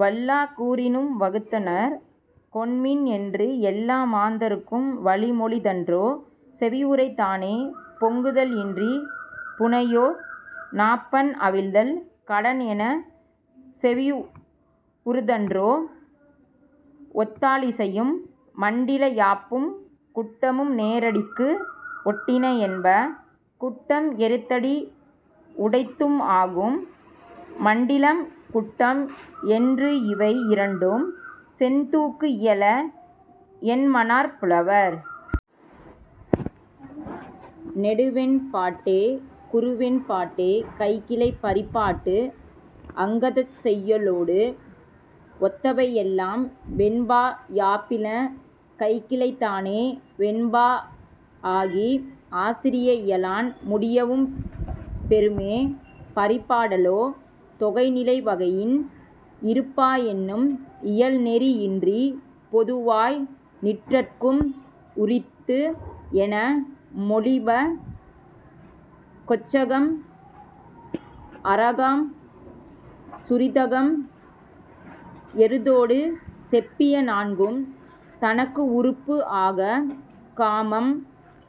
வல்லா கூறினும் வகுத்தனர் கொண்மின் என்று எல்லா மாந்தர்க்கும் வழி மொழிந்தன்றே. செவியுறைதானே, பொங்குதல் இன்றி புரையோர் நாப்பண் அவிதல் கடன் எனச் செவியுறுத்தன்றே. ஒத்தாழிசையும் மண்டில யாப்பும் குட்டமும் நேரடிக்கு ஒட்டின என்ப. குட்டம் எருத்தடி உடைத்தும் ஆகும். மண்டிலம் குட்டம் என்று இவை இரண்டும் செந்தூக்கு இயல என்மனார் புலவர். நெடுவெண்பாட்டே குறுவெண்பாட்டே கைக்கிளை பரிபாட்டு அங்கதச் செய்யுளொடு ஒத்தவை எல்லாம் வெண்பா யாப்பின. கைக்கிளைதானே வெண்பா ஆகி ஆசிரிய இயலான் முடியவும் பெறுமே. பரிபாடல்லே தொகை நிலை வகையின் இது பா என்னும் இயல் நெறி இன்றி பொதுவாய் நிற்றற்கும் உரித்து என மொழிப. கொச்சகம் அராகம் சுரிதகம் எருத்தொடு செப்பிய நான்கும் தனக்கு உறுப்பு ஆக காமம்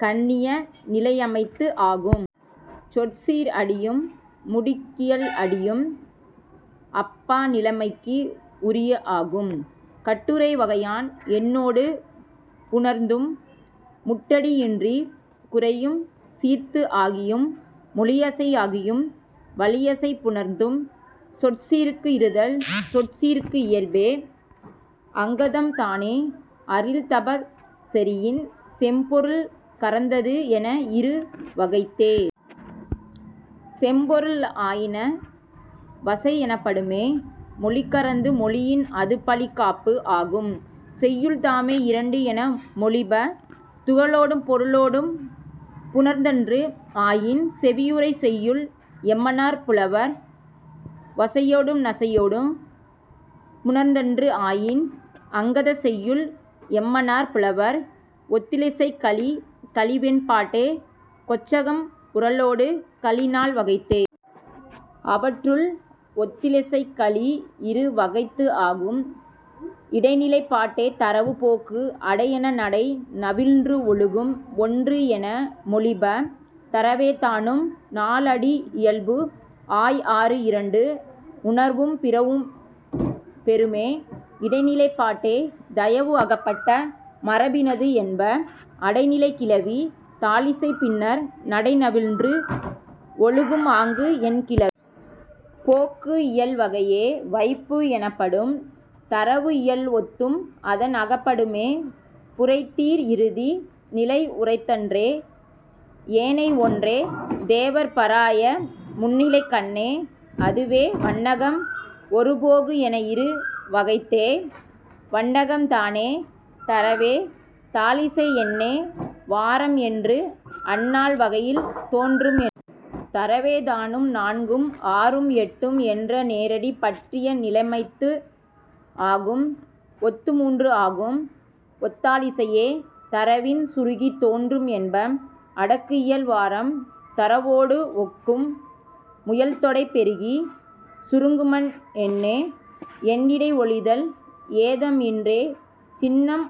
கண்ணிய நிலைமைத்து ஆகும். சொற்சீர் அடியும் முடுகியல் அடியும் அப் பா நிலைமைக்கு உரிய ஆகும். கட்டுரை வகையான் எண்ணொடு புணர்ந்தும் முட்டடி இன்றிக் குறைவு சீர்த்து ஆகியும் மொழி அசை ஆகியும் வழி அசை புணர்ந்தும் சொற்சீர்த்து இறுதல் சொற்சீர்க்கு இயல்பே. அங்கதம்தானே அரில் தபத் தெரியின் செம்பொருள் கரந்தது என இரு வகைத்தே. செம்பொருள் ஆயின வசை எனப்படுமே. மொழி கரந்து மொழியின் அது பழிகரப்பு ஆகும். செய்யுள்தாமே இரண்டு என மொழிப. துகளொடும் பொருளொடும் புணர்ந்தன்று ஆயின் செவியுறைச் செய்யுள் என்மனார் புலவர். வசையொடும் நசையொடும் புணர்ந்தன்று ஆயின் அங்கதச் செய்யுள் என்மனார் புலவர். ஒத்தாழிசைக்கலி கலிவெண்பாட்டே கொச்சகம் உறழொடு கலி நால் வகைத்தே. அவற்றுள், ஒத்தாழிசைக்கலி இரு வகைத்து ஆகும். இடைநிலைப்பாட்டே தரவு போக்கு அடை என நடை நவின்று ஒழுகும் ஒன்று என மொழிப. தரவேதானும் நால் அடி இழிபு ஆய் ஆறு இரண்டு உயர்வும் பிறவும் பெறுமே. இடைநிலைப்பாட்டே, தரவு அகப்பட்ட மரபினது என்ப. அடை நிலைக் கிளவி தாழிசைப் பின்னர் நடை நவின்று ஒழுகும் ஆங்கு என் கிளவி. போக்கு இயல் வகையே வைப்பு எனப்படுமே தரவு இயல் ஒத்தும் அதன் அகப்படுமே புரை தீர் இறுதி நிலை உரைத்தன்றே. ஏனை ஒன்றே, தேவர்ப் பராஅய முன்னிலைக்கண்ணே. அதுவே, வண்ணகம் ஒருபோகு என இரு வகைத்தே. வண்ணகம்தானே, தரவே தாழிசை எண்ணே வாரம் என்று அந் நால் வகையின் தோன்றும் என் தரவேதானும், நான்கும் ஆறும் எட்டும் என்ற நேரடி பற்றிய நிலைமைத்து ஆகும். ஒத்து மூன்று ஆகும் ஒத்தாழிசையே தரவின் சுருங்கித் தோன்றும் என்ப. அடக்கு இயல் வாரம் தரவொடு ஒக்கும். முதல் தொடை பெருகிச் சுருங்குமன் எண்ணே. எண் இடை ஒழிதல் ஏதம் இன்றே சின்னம்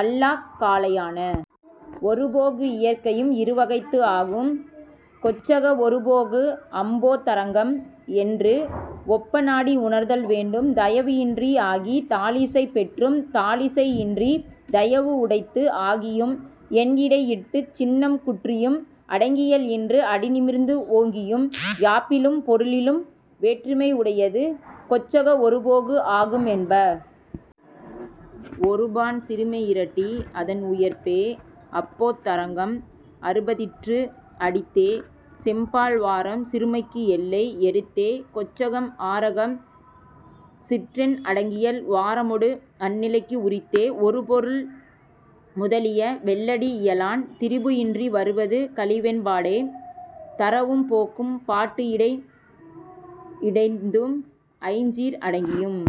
அல்லாக் காலையான. ஒருபோகு இயற்கையும் இரு வகைத்து ஆகும். கொச்சக ஒருபோகு அம்போதரங்கம் என்று ஒப்ப நாடி உணர்தல் வேண்டும். தரவு இன்று ஆகித் தாழிசை பெற்றும் தாழிசை இன்றித் தரவு உடைத்து ஆகியும் எண் இடை இட்டுச் சின்னம் குன்றியும் அடக்கியல் இன்றி அடி நிமிர்ந்து ஒழுகியும் யாப்பினும் பொருளினும் வேற்றுமை உடையது கொச்சக ஒருபோகு ஆகும் என்ப. ஒருபான் சிறுமை இரட்டி அதன் உயர்பே. அம்போதரங்கம் அறுபதிற்று அடித்தே செம்பால் வாரம் சிறுமைக்கு எல்லை. எருத்தே கொச்சகம் அராகம் சிற்றெண் அடக்கியல் வாரமொடு அந் நிலைக்கு உரித்தே. ஒரு பொருள் நுதலிய வெள்ளடி இயலான் திரிபு இன்றி வருவது கலிவெண்பாட்டே. தரவும் போக்கும் பாட்டு இடை மிடைந்தும் ஐஞ் சீர் அடுக்கியும்